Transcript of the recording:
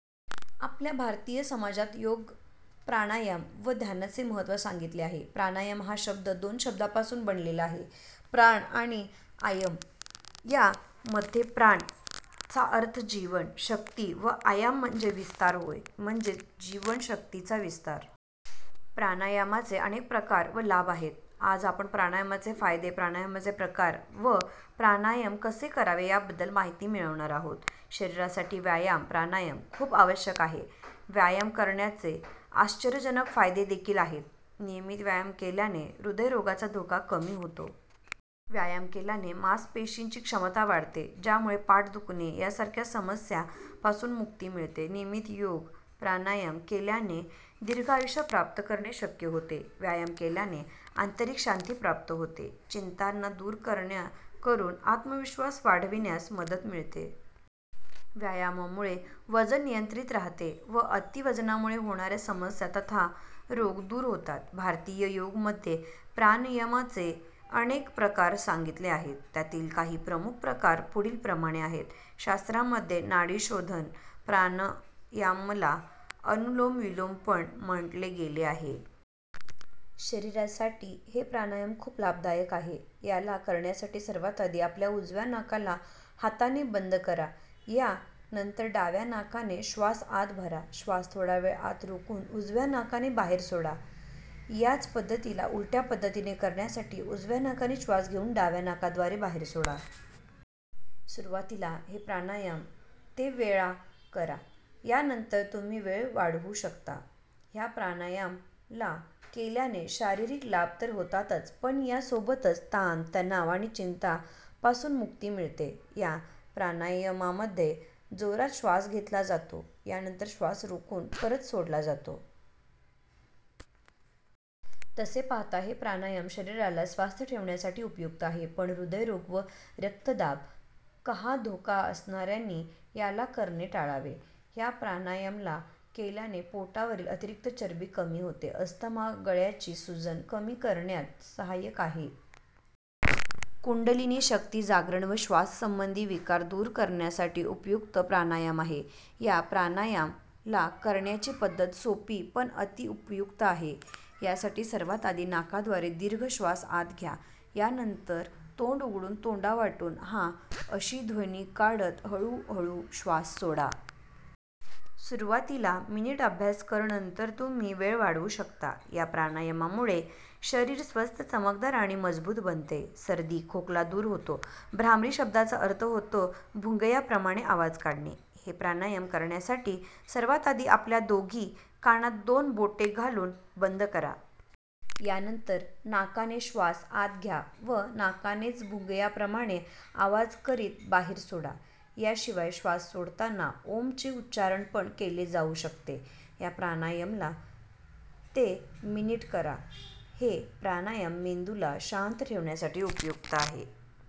आपल्या भारतीय समाजात योग प्राणायाम व ध्यानाचे महत्त्व सांगितले आहे. प्राणायाम हा शब्द दोन शब्दापासून बनलेला आहे प्राण आणि आयम या मध्ये प्राण चा अर्थ जीवन शक्ती व आयाम म्हणजे विस्तार होय. म्हणजेच जीवन शक्तीचा विस्तार. प्राणायामाचे अनेक प्रकार व लाभ आहेत. आज आपण प्राणायामाचे फायदे, प्राणायामाचे प्रकार व प्राणायाम कसे करावे याबद्दल माहिती मिळवणार आहोत. शरीरासाठी व्यायाम, प्राणायाम खूप आवश्यक आहे व्यायाम करण्याचे आश्चर्यजनक फायदे देखील आहेत. नियमित व्यायाम केल्याने हृदय रोगाचा धोका कमी होते. व्यायाम केल्याने मास पेशींची क्षमता वाढते ज्यामुळे पाठ दुखणे या सारख्या समस्या पासून मुक्ती मिळते. नियमित योग प्राणायाम केल्याने दीर्घ आयुष्य प्राप्त करणे शक्य होते. व्यायाम केल्याने आंतरिक शांती प्राप्त होते, चिंताना दूर करून आत्मविश्वास वाढविण्यात मदत मिळते. व्यायामामुळे वजन नियंत्रणात राहते व अति वजनामुळे होणाऱ्या समस्या तथा रोग दूर होतात. भारतीय योगमध्ये प्राणायमचे अनेक प्रकार सांगितले आहेत, त्यातील काही प्रमुख प्रकार पुढील प्रमाणे आहेत. शास्त्रामध्ये नाड़ीशोधन प्राणायामला अनुलोम विलोम पण म्हटले गेले आहे. शरीरासाठी हे प्राणायाम खूप लाभदायक आहे. याला करण्यासाठी सर्वात आधी आपल्या उजव्या नाकाला हाताने बंद करा, या नंतर डाव्या नाकाने श्वास आत भरा. श्वास थोडा वेळ आत रोखून उजव्या नाकाने बाहेर सोडा. याच पद्धतीला उलट्या पद्धतीने करण्यासाठी उजव्या नाकाने श्वास घेऊन डाव्या नाकाद्वारे बाहेर सोडा. सुरुवातीला हे प्राणायाम ते वेळा करा या नंतर तुम्ही वेळ वाढवू शकतात. ह्या प्राणायाम ला केल्याने शारीरिक लाभ तर होतातच पण या सोबतच ताण तनाव आणि चिंता पासून मुक्ती मिळते. या प्राणायमामध्ये जोरात श्वास घेतला जातो या नंतर श्वास रोखून परत सोडला जातो. तसे पाहता हे प्राणायाम शरीराला स्वस्थ ठेवण्यासाठी उपयुक्त आहे पण हृदय रोग व रक्तदाब कहा धोका असणाऱ्यानी याला करणे टाळावे. ह्या प्राणायाम ला केल्याने पोटावरील अतिरिक्त चरबी कमी होते. अस्थमा, गळ्याची सुजन कमी करण्यात सहायक आहे. कुंडलिनी शक्ति जागरण व श्वास संबंधी विकार दूर करण्यासाठी उपयुक्त प्राणायाम आहे. या प्राणायाम ला करण्याची पद्धत सोपी पण अति उपयुक्त आहे. या साठी सर्वात आधी नाकाद्वारे दीर्घ श्वास आत घ्या. या नंतर तोंड उघडून तोंडावाटून 'हा' अशी ध्वनि काढत हळू हळू श्वास सोडा. सुरुवातीला मिनिट अभ्यास कर नंतर तुम्ही वेळ वाढवू शकता. या प्रणायमामुळे शरीर स्वस्थ, चमकदार आणि मजबूत बनते. सर्दी खोकला दूर होतो. भ्रामरी शब्दाचा अर्थ होतो भुंगयाप्रमाणे आवाज काढणे. हे प्राणायाम करण्यासाठी सर्वात आधी आपल्या दोघी कानात दोन बोटे लाऊन बंद करा. या नंतर नाकाने श्वास आत घ्या व नाकानेच भुंगयाप्रमाणे आवाज करीत बाहेर सोडा. या शिवाय श्वास सोडताना ओम चे उच्चारण पण केले जाऊ शकते. या प्राणायामला ते मिनिट करा. हे प्राणायाम मेंदूला शांत ठेवण्यासाठी उपयुक्त आहे.